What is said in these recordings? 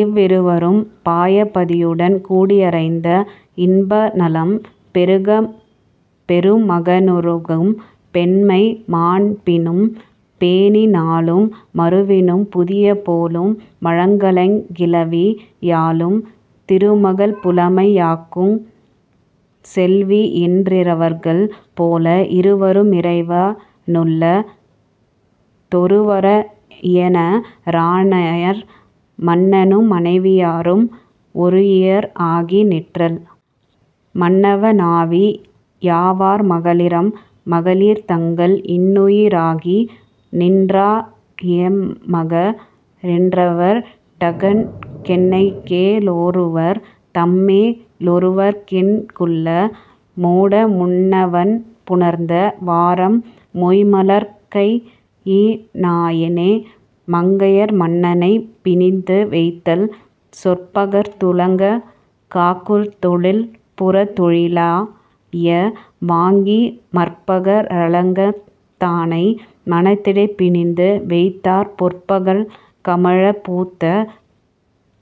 இவ்விருவரும் பயாபதியுடன் கூடியுறைந்த இன்பநலம் பெருமக னுருகும் பெண்மை மாண்பினும் பேணி நாளும் மருவினும் புதிய போலும் மழலையங் கிளவி யாலும் திருமகள் புலமை யாக்குஞ் செல்விஎன் றிவர்கள் போல இருவரு மிறைவ னுள்ளத் தொருவரா யினிய ரானார் மன்னனும் மனைவியரும் ஓருயிர் ஆகி நிற்றல் மன்னவ னாவி யாவார் மகளிரம் மகளிர் தங்கள் இன்னுயி ராகி நின்றா னிறைமக னிவர்க டங்கட் கென்னைகொ லொருவர் தம்மே லொருவர்க்கிங் குள்ள மோட முன்னவன் புணர்த்த வாறம் மொய்ம்மலர்க் கணையி னானே மங்கையர் மன்னனைப் பிணித்து வைத்தல் சொற்பகர்ந் துலகங் காக்குந் தொழில்புறத் தொழிய வாங்கி மற்பக ரகலத் தானை மனத்திடைப் பிணித்து வைத்தார் பொற்பகங் கமழப் பூத்த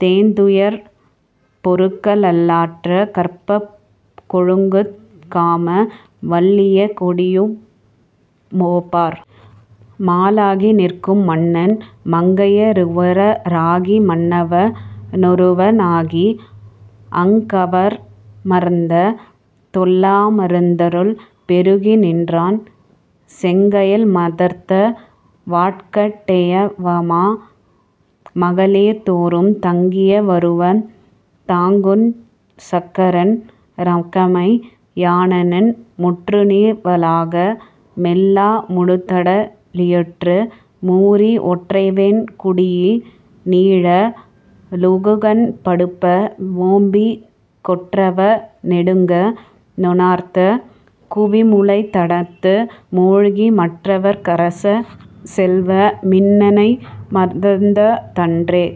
தேந்துணர் பொறுக்க லாற்றாக் கற்பகக் கொழுந்துங் காம வல்லியங் கொடியு மொப்பார். மாலாகி நிற்கும் மன்னன் மங்கைய ரிருவ ராகி மன்னவ னொருவ னாகி அங்கவ ரமர்ந்த தெல்லா மமர்ந்தருள் பெருகி நின்றான் செங்கயல் மதர்த்த வாட்கட் டெய்வமா மகளிர் தோறும் தங்கிய வுருவந் தாங்குஞ் சக்கரன் றகைமை யானான் முற்றுநீர் வளாக மெல்லா முழுதுட னிழற்று மூரி ஒற்றைவெண் குடையி னீழ லுலகுகண் படுப்ப வோம்பிக் கொற்றவ னெடுங்க ணார்தங் குவிமுலைத் தடத்து மூழ்கி மற்றவற் கரசச் செல்வ மின்னண மமர்ந்த தன்றே.